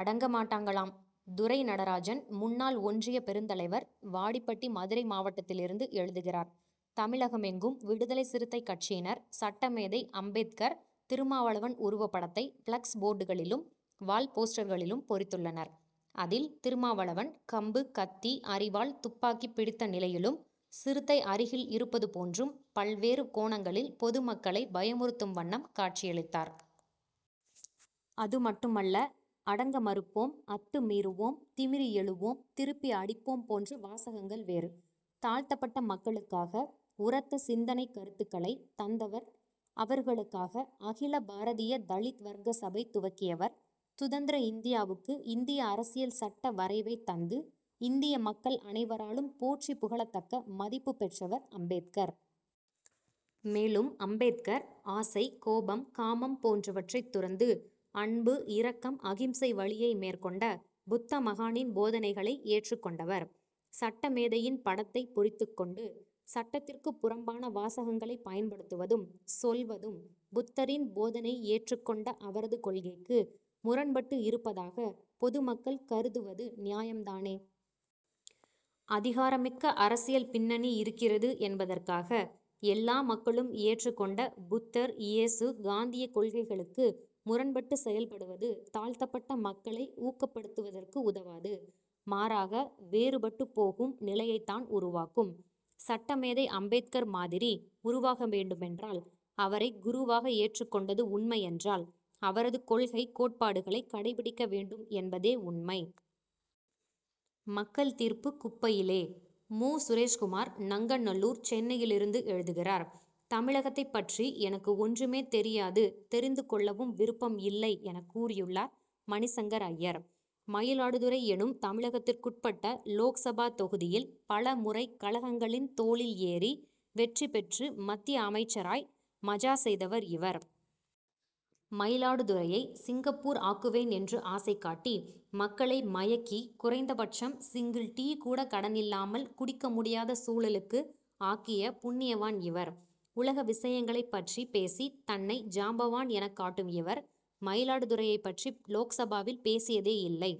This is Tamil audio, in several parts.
அடங்க மாட்டாங்களாம்! துரை. நடராஜன் முன்னாள் ஒன்றிய பெருந்தலைவர் வாடிப்பட்டி மதுரை மாவட்டத்திலிருந்து எழுதுகிறார் தமிழகமெங்கும் விடுதலை சிறுத்தை கட்சியினர் சட்டமேதை அம்பேத்கர் திருமாவளவன் உருவப்படத்தை பிளக்ஸ் போர்டுகளிலும் வால் போஸ்டர்களிலும் பொறித்துள்ளனர். அதில் திருமாவளவன் கம்பு கத்தி அரிவாள் துப்பாக்கி பிடித்த நிலையிலும் சிறுத்தை அருகில் இருப்பது போன்றும் பல்வேறு கோணங்களில் பொதுமக்களை பயமுறுத்தும் வண்ணம் காட்சியளித்தார். அதுமட்டுமல்ல அடங்க மறுப்போம் அத்து மீறுவோம் திமிறி எழுவோம் திருப்பி அடிப்போம் போன்ற வாசகங்கள் வேறு. தாழ்த்தப்பட்ட மக்களுக்காக உரத்த சிந்தனைக் கருத்துக்களை தந்தவர் அவர்களுக்காக அகில பாரதிய தலீத் வர்க்க சபை துவக்கியவர் சுதந்திர இந்தியாவுக்கு இந்திய அரசியல் சட்ட வரைவைத் தந்து இந்திய மக்கள் அனைவராலும் போற்றி புகழத்தக்க மதிப்பு பெற்றவர் அம்பேத்கர். மேலும் அம்பேத்கர் ஆசை கோபம் காமம் போன்றவற்றை துறந்து அன்பு இரக்கம் அகிம்சை வழியை மேற்கொண்ட புத்த மகானின் போதனைகளை ஏற்றுக் கொண்டவர். சட்டமேதையின் படத்தை பொறித்துக் கொண்டு சட்டத்திற்கு புறம்பான வாசகங்களை பயன்படுத்துவதும் சொல்வதும் புத்தரின் போதனை ஏற்றுக் கொண்ட அவரது கொள்கைக்கு முரண்பட்டு இருப்பதாக பொதுமக்கள் கருதுவது நியாயம் தானே. அதிகாரமிக்க அரசியல் பின்னணி இருக்கிறது என்பதற்காக எல்லா மக்களும் ஏற்றுக் கொண்ட புத்தர் இயேசு காந்திய கொள்கைகளுக்கு முரண்பட்டு செயல்படுவது தாழ்த்தப்பட்ட மக்களை ஊக்கப்படுத்துவதற்கு உதவாது மாறாக வேறுபட்டு போகும் நிலையைத் தான் உருவாக்கும். சட்டமேதை அம்பேத்கர் மாதிரி உருவாக வேண்டுமென்றால் அவரை குருவாக ஏற்றுக் கொண்டது உண்மையென்றால் அவரது கொள்கை கோட்பாடுகளை கடைப்பிடிக்க வேண்டும் என்பதே உண்மை. மக்கள் தீர்ப்பு குப்பையிலே மு. சுரேஷ்குமார் நங்கநல்லூர் சென்னையிலிருந்து எழுதுகிறார் தமிழகத்தைப் பற்றி எனக்கு ஒன்றுமே தெரியாது தெரிந்து கொள்ளவும் விருப்பம் இல்லை என கூறியுள்ளார் மணிசங்கர் ஐயர். மயிலாடுதுறை எனும் தமிழகத்திற்குட்பட்ட லோக்சபா தொகுதியில் பலமுறை கழகங்களின் தோளில் ஏறி வெற்றி பெற்று மத்திய அமைச்சராய் மஜா செய்தவர் இவர். மயிலாடுதுறையை சிங்கப்பூர் ஆக்குவேன் என்று ஆசை காட்டி மக்களை மயக்கி குறைந்தபட்சம் சிங்கிள் டீ கூட கடனில்லாமல் குடிக்க முடியாத சூழலுக்கு ஆக்கிய புண்ணியவான் இவர். உலக விஷயங்களைப் பற்றி பேசி தன்னை ஜாம்பவான் எனக் காட்டும் இவர் மயிலாடுதுறையைப் பற்றி லோக்சபாவில் பேசியதே இல்லை.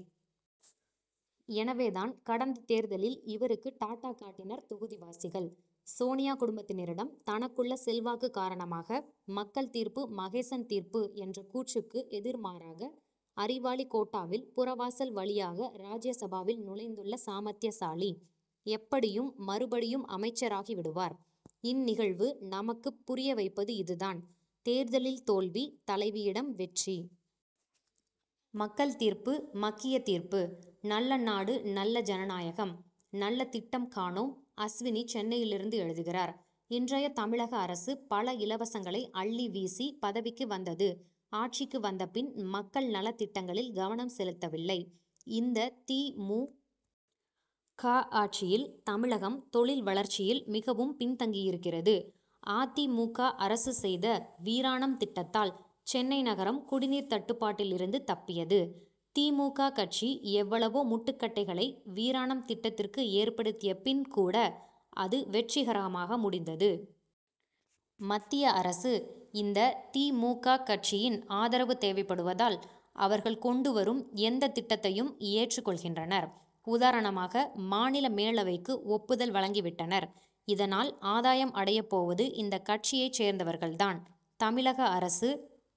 எனவே தான் கடந்த தேர்தலில் இவருக்கு டாட்டா காட்டினர் தொகுதிவாசிகள்! சோனியா குடும்பத்தினரிடம் தனக்குள்ள செல்வாக்கு காரணமாக மக்கள் தீர்ப்பு மகேசன் தீர்ப்பு என்ற கூற்றுக்கு எதிர்மாறாக அறிவாளி கோட்டாவில் புறவாசல் வழியாக ராஜ்ய சபாவில் நுழைந்துள்ள சாமர்த்தியசாலி. எப்படியும் மறுபடியும் அமைச்சராகி விடுவார். இந்நிகழ்வு நமக்குப் புரிய வைப்பது இதுதான் தேர்தலில் தோல்வி தலைவியிடம் வெற்றி! மக்கள் தீர்ப்பு மக்கிய தீர்ப்பு! நல்ல நாடு நல்ல ஜனநாயகம்! நலத்திட்டம் காணோம்! அஸ்வினி சென்னையிலிருந்து எழுதுகிறார் இன்றைய தமிழக அரசு பல இலவசங்களை அள்ளி வீசி பதவிக்கு வந்தது ஆட்சிக்கு வந்த பின் மக்கள் நலத் திட்டங்களில் கவனம் செலுத்தவில்லை. இந்த தி. மு. க. ஆட்சியில் தமிழகம் தொழில் வளர்ச்சியில் மிகவும் பின்தங்கியிருக்கிறது. அ. தி. மு. க. அரசு செய்த வீராணம் திட்டத்தால் சென்னை நகரம் குடிநீர் தட்டுப்பாட்டில் இருந்து தப்பியது. தி. மு. க. கட்சி எவ்வளவோ முட்டுக்கட்டைகளை வீராணம் திட்டத்திற்கு ஏற்படுத்திய பின் கூட அது வெற்றிகரமாக முடிந்தது. மத்திய அரசுக்கு இந்த தி. மு. க. கட்சியின் ஆதரவு தேவைப்படுவதால் அவர்கள் கொண்டு வரும் எந்தத் திட்டத்தையும் ஏற்றுக் கொள்கின்றனர். உதாரணமாக மாநில மேலவைக்கு ஒப்புதல் வழங்கி விட்டனர். இதனால் ஆதாயம் அடையப் போவது இந்தக் கட்சியைச் சேர்ந்தவர்கள் தான். தமிழக அரசு